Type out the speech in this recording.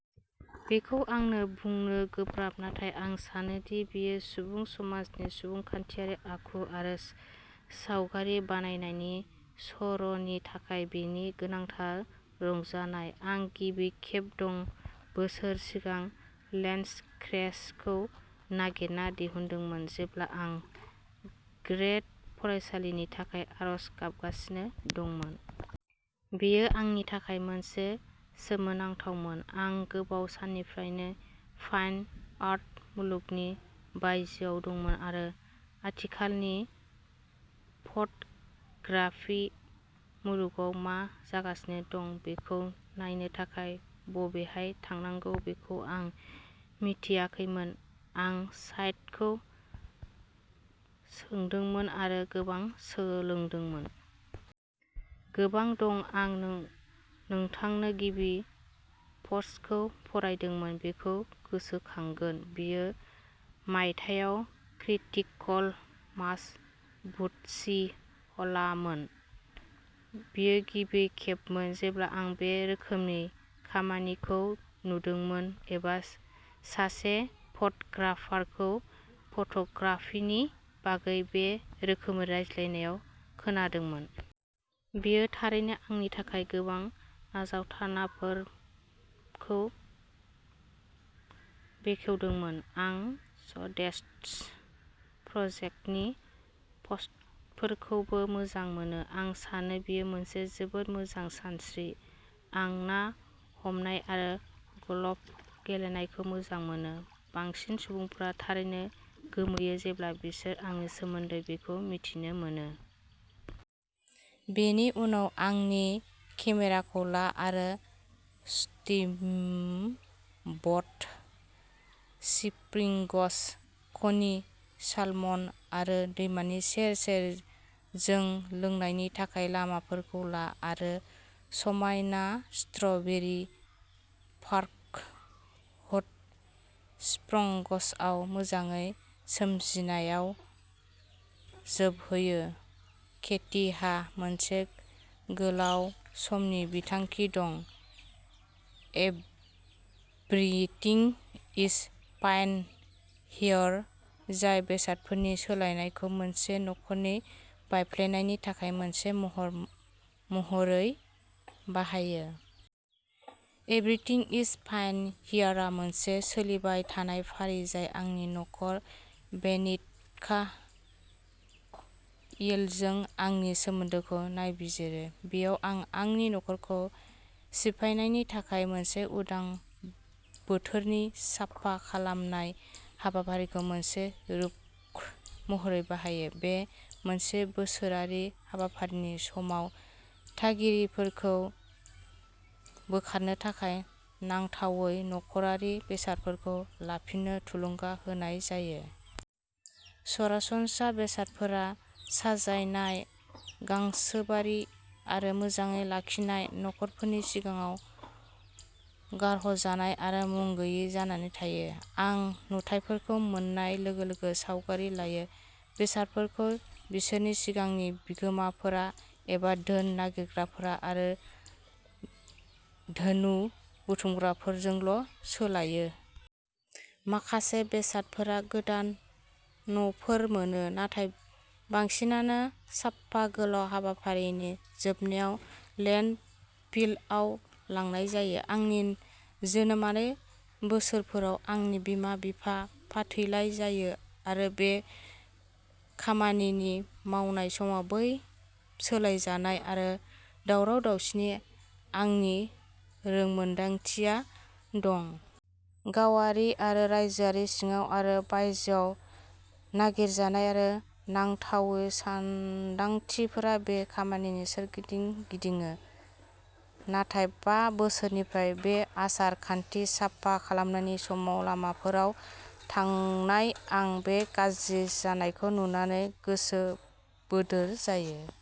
बेखौ आंनो बुंनो गोब्राब नाथाय आं सानो दि बेयो सुबुं समाजनि सुबुंखान्थियारि आखु आरो सावगारि बानायनायनि सर'नि थाखाय बेनि गोनांथार रंजानाय। आं गिबि खेब द' बोसोर सिगां लेन्सक्रेचखौ नागिरना दिहुनदोंमोन जेब्ला आं ग्रेद फरायसालिनि थाखाय आर'ज गाबगासिनो दंमोन। बेयो आंनि थाखाय मोनसे सोमोनांथावमोन। आं गोबाव समनिफ्रायनो फाइन आर्ट मुलुगनि बायजोआव दंमोन आरो आथिखालनि फट'ग्राफि मुलुगाव मा जागासिनो दं बेखौ नायनो थाखाय बबेहाय थांनांगौ बेखौ आं मिन्थियाखैमोन। आं साइटखौ सोबदोंमोन आरो गोबां सोलोंदोंमोन। गोबां दं आं नोंथांनो गिबि पस्टखौ फरायदोंमोन बेखौ गोसोखांगोन। बेयो मायथाइयाव क्रिटिकल मास बुटसि हलारमोन। बेयो गिबि खेबमोन जेब्ला आं बे रोखोमनि खामानिखौ नुदोंमोन एबा सासे फट'ग्राफारखौ फट'ग्राफिनि बागै बे रोखोमै रायज्लायनाय खोनादोंमोन। बेयो थारैनो आंनि थाखाय गोबां आजाथावनाफोरखौ बेखेवदोंमोन। आं स्टेट्स प्रजेक्टनि पस्टफोरखौबो मोजां मोनो। आं सानो बेयो मोनसे जोबोद मोजां सानस्रि। आं ना हमनाय आरो ग्लफ गेलेनायखौ मोजां मोनो। बांसिन सुबुंफोरा थारैनो गोमोयो जेब्ला बिसोर आंनि सोमोन्दै बेखौ मिथिनो मोनो। बेनि उनाव आंनि केमेराखौ ला आरो स्टीमब'ट स्प्रिंगस, क'नि सालमन आरो दैमानि सेर-सेर जों लोंनायनि थाखाय लामाफोरखौ ला। आरो समायना स्ट्रबेरी पार्क हट स्प्रंग्सआव मोजाङै सोमजिनायाव जोबहैयो। केटीहा मोनसे गोलाव समनि बिथांखि दं, एभ्रिथिं इज फाइन हियर, जाय बेसादफोरनि सोलायनायखौ मोनसे नखरनि बायफ्लेनायनि थाखाय मोनसे महर महरै बाहायो। एभ्रिथिं इज फाइन हियारआ मोनसे सोलिबाय थानाय फारि जाय आंनि न'खर, विनेटका, इलजों आंनि सोमोन्दोखौ नायबिजिरो। बेयाव। आं आंनि नख'रखौ सिफायनायनि थाखाय मोनसे उदां बोथोरनि साफा खालामनाय हाबाफारिखौ मोनसे रुपक महरै बाहायो। बे मोनसे बोसोरारि हाबाफारिनि समाव, थागिरिफोरखौ बोखारनो थाखाय नांथावै नख'रारि बेसादफोरखौ लांफिननो थुलुंगा होनाय जायो। सरासनस्रा बेसादफोरा साजायनाय गांसोबारि आरो मोजाङै लाखिनाय न'फोरनि सिगाङाव गारहरजानाय आरो मुं गोयि जानानै थायो। आं नुथाइफोरखौ मोन्नाय लोगो लोगो सावगारि लायो। बेसादफोरखौ बिसोरनि सिगांनि बिगोमाफोरा एबा धोन नागिरग्राफोरा आरो धानु बुथुमग्राफोरजोंल' सोलायो। माखासे बेसादफोरा गोदान न'फोर मोनो नाथाय बांसिनानो साप्पा गोलाव हाबाफारिनि जोबनायाव लेन्डफिलआव लांनाय जायो। आंनि जोनोमारि बोसोरफोराव, आंनि बिमा-बिफाया फाथैलाइ जायो आरो बे खामानि मावनाय समाव बै सोलायजानाय आरो दावराव-दावसिनि आंनि रोंमोनदांथिया दं। गावारि आरो रायजोआरि, सिङाव आरो बायजोआव, नागिरजानाय आरो नांथावै सानदांथिफोरा बे खामानिनि सोरगिदिं गिदिङो। नाथाय बा बोसोरनिफ्राय बे आसार-खान्थि साफा खालामनायनि समाव लामाफोराव थाबायनाय, आं बे गाज्रि जानायखौ नुनानै गोसो बोदोर जायो।